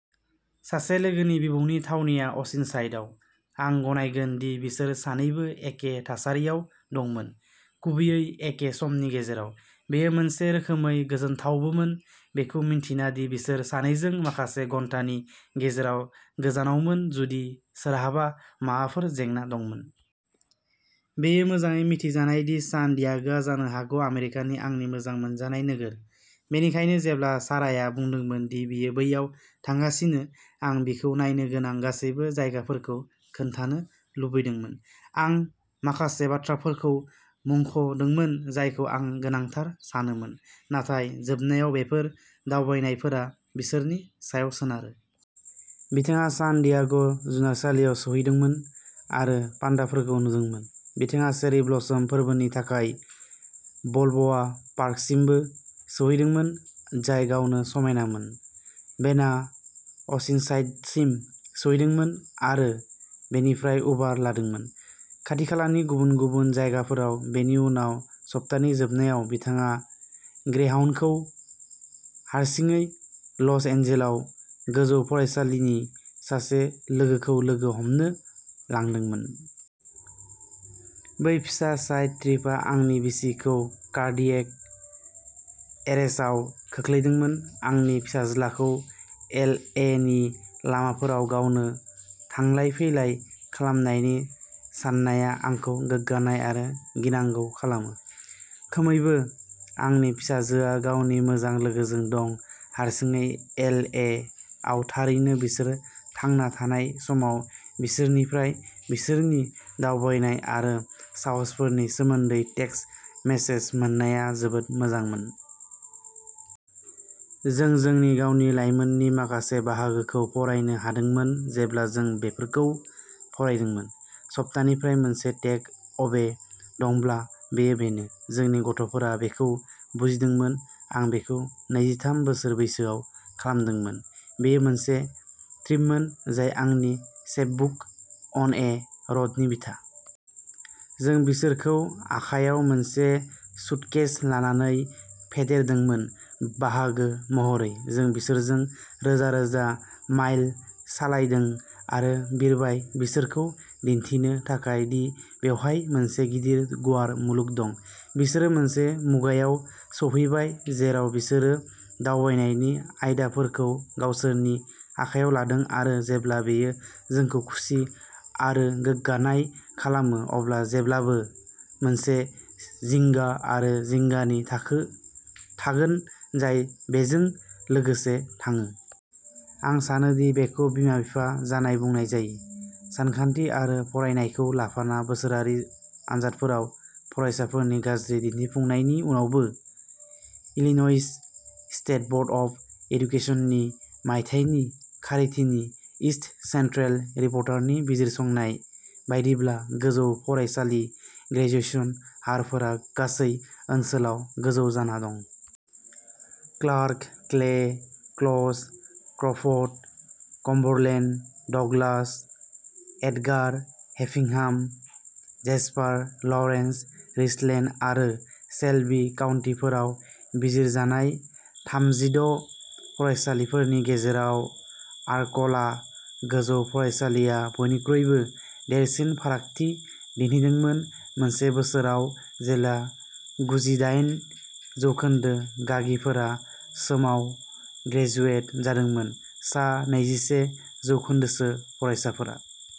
सासे लोगोनि बिबौनि थावनिया अ'सिनसाइडआव। आं गनायगोन दि बिसोर सानैबो एखे थासारियाव दंमोन, गुबैयै एखे समनि गेजेराव। बेयो मोनसे रोखोमै गोजोनथावबोमोन, बेखौ मिन्थिना दि बिसोर सानैजों माखासे घन्टानि गेजेराव गोजानावमोन जुदि सोरहाबा माबाफोर जेंना दंमोन। बेयो मोजाङै मिथिजानाय दि सान डियागोआ जानो हागौ आमेरिकानि आंनि मोजां मोनजानाय नोगोर। बेनिखायनो जेब्ला साराया बुंदोंमोन दि बियो बैयाव थांगासिनो, आं बिखौ नायनो गोनां गासैबो जायगाफोरखौ खोन्थानो लुबैदोंमोन। आं माखासे बाथ्राफोरखौ मुंख'दोंमोन जायखौ आं गोनांथार सानोमोन, नाथाय जोबनायाव, बेफोर दावबायनायफोरा बिसोरनि सायाव सोनारो। बिथाङा सान डियागो जुनारसालियाव सौहैदोंमोन आरो पान्डाफोरखौ नुदोंमोन। बिथाङा चेरी ब्लसम फोरबोनि थाखाय बालब'आ पार्कसिमबो सौहैदोंमोन, जाय गावनो समायनामोन। बेनआ अ'सिनसाइडसिम सौहैदोंमोन आरो बेनिफ्राय उबार लादोंमोन। खाथिखालानि गुबुन गुबुन जायगाफोराव। बेनि उनाव, सप्तानि जोबनायाव, बिथाङा ग्रेहाउन्डखौ हारसिङै ल'स एन्जेल्सआव गोजौ फरायसालिनि सासे लोगोखौ लोगो हमनो लांदोंमोन। बै फिसा साइड ट्रिपआ आंनि बिसिखौ कार्डिएक एरेस्टआव खोख्लैदोंमोन। आंनि फिसाज्लाखौ एल ए नि लामाफोराव गावनो थांलाय फैलाय खालामनायनि साननाया आंखौ गोग्गानाय आरो गिनांगौ खालामो। खमैबो आंनि फिसाजोआ गावनि मोजां लोगोजों दं। हारसिङै एल ए आव थारैनो, बिसोर थांना थानाय समाव बिसोरनिफ्राय बिसोरनि दावबायनाय आरो साहसफोरनि सोमोन्दै टेक्सट मेसेज मोननाया जोबोद मोजांमोन। जों जोंनि गावनि लायमोननि माखासे बाहागोखौ फरायनो हादोंमोन जेब्ला जों बेफोरखौ फरायदोंमोन। सप्तानिफ्राय मोनसे टेक अवे दंब्ला, बेयो बेनो। जोंनि गथ'फोरा बेखौ बुजिदोंमोन। आं बेखौ नैजिथाम बोसोर बैसोआव खालामदोंमोन। बेयो मोनसे ट्रिपमोन जाय आंनि चैपबुक, अन ए र'डनि बिथा। जों बिसोरखौ आखायाव मोनसे सुटकेस लानानै फेदेरदोंमोन। बाहागो महरै। जों बिसोरजों रोजा रोजा माइल सालायदों आरो बिरबाय, बिसोरखौ दिन्थिनो थाखाय दि बेवहाय मोनसे गिदिर गुवार मुलुग दं। बिसोरो मोनसे मुगायाव सफैबाय जेराव बिसोरो दावबायनायनि आयदाफोरखौ गावसोरनि आखायाव लादों आरो जेब्ला बेयो जोंखौ खुसि आरो गोग्गानाय खालामो, अब्ला जेब्लाबो मोनसे जिंगा आरो जिंगानि थाखो थागोन जाय बेजों लोगोसे थाङो। आं सानो दि बेखौ बिमा-बिफा जानाय बुंनाय जायो। सानखान्थि आरो फरायनायखौ लाफाना बोसोरारि आनजादफोराव फरायसाफोरनि गाज्रि दिन्थिफुंनायनि उनावबो, इलिन'इस स्टेट बर्ड अफ एडुकेशननि मायथाइनि खारिथिनि इस्ट सेन्ट्रेल रिपर्टारनि बिजिरसंनाय बायदिब्ला, गोजौ फरायसालि ग्रेजुएशन हारफोरा गासै ओनसोलाव गोजौ जाना दं। Clark, Clay, Coles, Crawford, Cumberland, Douglas, Edgar, Effingham, Jasper, Lawrence, Richland आरो शेल्बी काउन्टिफोराव बिजिरजानाय थामजि द' फरायसालिफोरनि गेजेराव आर्क'ला गोजौ फरायसालिआ बयनिख्रुइबो देरसिन फारागथि दिन्थिदोंमोन। मोनसे बोसोराव जेब्ला गुजिदायेन जौखोन्दो गागिफोरा समाव ग्रेजुवेट जादोंमोन, सा नैजिसे जौखोन्दोसो फरायसाफोरा।